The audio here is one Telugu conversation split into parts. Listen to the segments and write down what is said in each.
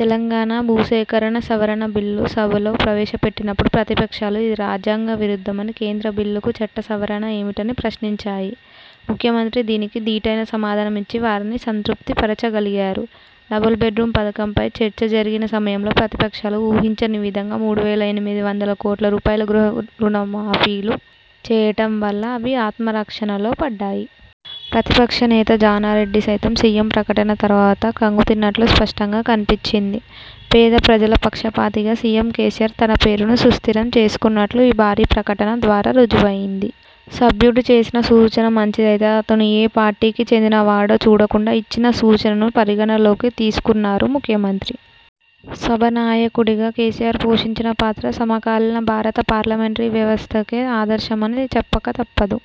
తెలంగాణ భూసేకరణ సవరణ బిల్లు సభలో ప్రవేశపెట్టినప్పుడు ప్రతిపక్షాలు ఇది రాజ్యాంగ విరుద్ధమని, కేంద్ర బిల్లుకి చట్ట సవరణ ఏమిటని ప్రశ్నించాయి. ముఖ్యమంత్రి దీనికి దీటైన సమాధానం ఇచ్చి వారిని సంతృప్తి పరచగలిగారు. డబుల్ బెడ్ రూం పథకంపై చర్చ జరిగిన సమయంలో ప్రతిపక్షాలు ఊహించని విధంగా మూడు వేల ఎనిమిది వందల కోట్ల రూపాయల గృహ రుణాలు మాఫీ చేయటం వల్ల అవి ఆత్మరక్షణలో పడ్డాయి. ప్రతిపక్ష నేత జానారెడ్డి సైతం సీఎం ప్రకటన తరువాత ఖంగుతిన్నట్లు స్పష్టంగా కన్పించింది. పేద ప్రజల పక్షపాతిగా సీఎం కేసీఆర్ తన పేరును సుస్థిరం చేసుకున్నట్లు ఈ భారీ ప్రక టన ద్వారా రుజువయింది. సభ్యుడు చేసిన సూచన మంచిదైతే అతను ఏ పార్టీకి చెందిన వాడో చూడకుండా ఇచ్చిన సూచనను పరిగణనలోకి తీసుకున్నారు ముఖ్యమంత్రి. సభా నాయకుడిగా కేసీఆర్ పోషించిన పాత్ర సమకాలీన భారత పార్లమెంటరీ వ్యవస్థకే ఆదర్శమని చెప్పక తప్పదు.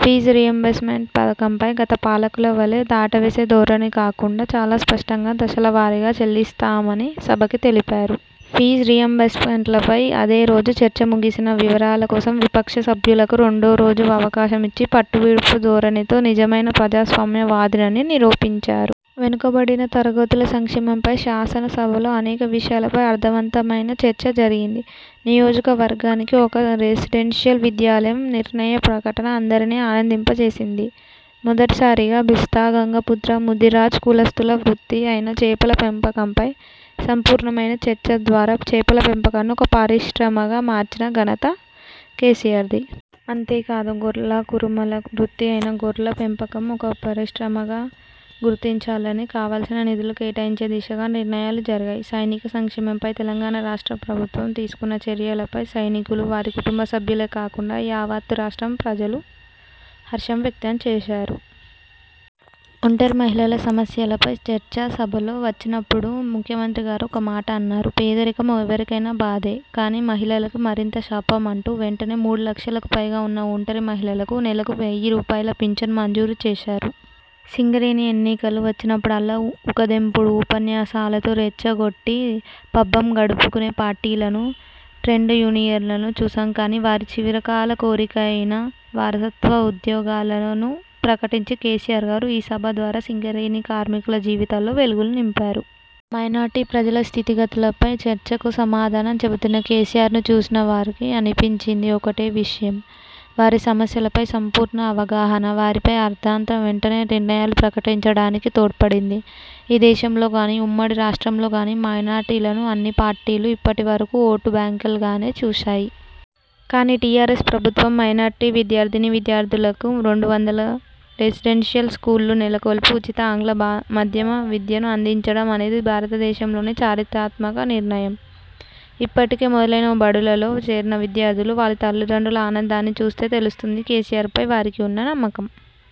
ఫీజు రీయింబర్స్మెంట్ పథకంపై గత పాలకుల వలే దాటవేసే ధోరణి కాకుండా చాలా స్పష్టంగా దశల వారీగా చెల్లిస్తామని సభకి తెలిపారు. ఫీజు రీయింబర్స్మెంట్పై అదే రోజు చర్చ ముగిసినా వివరాల కోసం విపక్ష సభ్యులకి రెండో రోజు అవకాశం ఇచ్చి పట్టువిడుపు ధోరణితో నిజమైన ప్రజాస్వామ్య వాదినని నిరూపించారు. వెనుకబడిన తరగతుల సంక్షేమంపై శాసనసభలో అనేక విషయాలపై అర్థవంతమైన చర్చ జరిగింది. నియోజకవర్గానికి ఒక రెసిడెన్షియల్ విద్యాలయం నిర్ణయ ప్రకటన అందరినీ ఆనందింప జేసింది. మొదటిసారిగా బెస్త, గంగపుత్ర, ముదిరాజ్ కులస్తుల వృత్తి అయిన చేపల పెంపకంపై సంపూర్ణమైన చర్చ ద్వారా చేపల పెంపకాన్ని ఒక పరిశ్రమగా మార్చిన ఘనత కేసీఆర్ది. అంతేకాదు గొల్ల, కురుమల వృత్తి అయిన గొర్ల పెంపకం ఒక పరిశ్రమగా గుర్తించాలని కావలసిన నిధులు కేటాయించే దిశగా నిర్ణయాలు జరిగాయి. సైనిక సంక్షేమంపై తెలంగాణ రాష్ట్ర ప్రభుత్వం తీసుకున్న చర్యలపై సైనికులు, వారి కుటుంబ సభ్యులే కాకుండా యావత్తు రాష్ట్ర ప్రజలు హర్షం వ్యక్తం చేశారు. ఒంటరి మహిళల సమస్యలపై చర్చ సభలో వచ్చినప్పుడు ముఖ్యమంత్రి గారు ఒక మాట అన్నారు. 'పేదరికం ఎవరికైనా బాధే కానీ మహిళలకి మరింత శాపం' అంటూ, వెంటనే మూడు లక్షలకు పైగా ఉన్న ఒంటరి మహిళలకి నెలకి వెయ్యి రూపాయల పించన్ మంజూరు చేశారు. సింగరేణి ఎన్నికలు వచ్చినప్పుడల్లా ఊకదంపుడు ఉపన్యాసాలతో రెచ్చగొట్టి పబ్బం గడుపుకునే పార్టీలను, ట్రేడ్ యూనియన్లను చూశాం కానీ వారి చిరకాల కోరిక అయిన వారసత్వ ఉద్యోగాలను ప్రకటించి కేసీఆర్ గారు ఈ సభ ద్వారా సింగరేణి కార్మికుల జీవితాల్లో వెలుగులు నింపారు. మైనార్టీ ప్రజల స్థితిగతులపై చర్చకు సమాధానం చెబుతున్న కేసీఆర్ని చూసిన వారికి అనిపించినది ఒక్కటే విషయం. వారి సమస్యలపై సంపూర్ణ అవగాహన, వారిపై ఆర్ద్రత వెంటనే నిర్ణయాలు ప్రకటించడానికి తోడ్పడింది. ఈ దేశంలో గానీ, ఉమ్మడి రాష్ట్రంలో గానీ మైనార్టీలను అన్ని పార్టీలు ఇప్పటి వరకూ ఓటు బ్యాంక్గానే చూశాయి. కానీ టీఆర్ఎస్ ప్రభుత్వం మైనార్టీ విద్యార్థినీ విద్యార్థులకి రెండు వందల రెసిడెన్షియల్ స్కూల్స్ నెలకొల్పి ఉచిత ఆంగ్ల మాధ్యమ విద్యను అందించడం అనేది భారతదేశంలోనే చారిత్రాత్మక నిర్ణయం. ఇప్పటికే మొదలైన బడులలో చేరిన విద్యార్థులు, వారి తల్లిదండ్రుల ఆనందాన్ని చూస్తే తెలుస్తోంది కేసీఆర్పై వారికి ఉన్న నమ్మకం.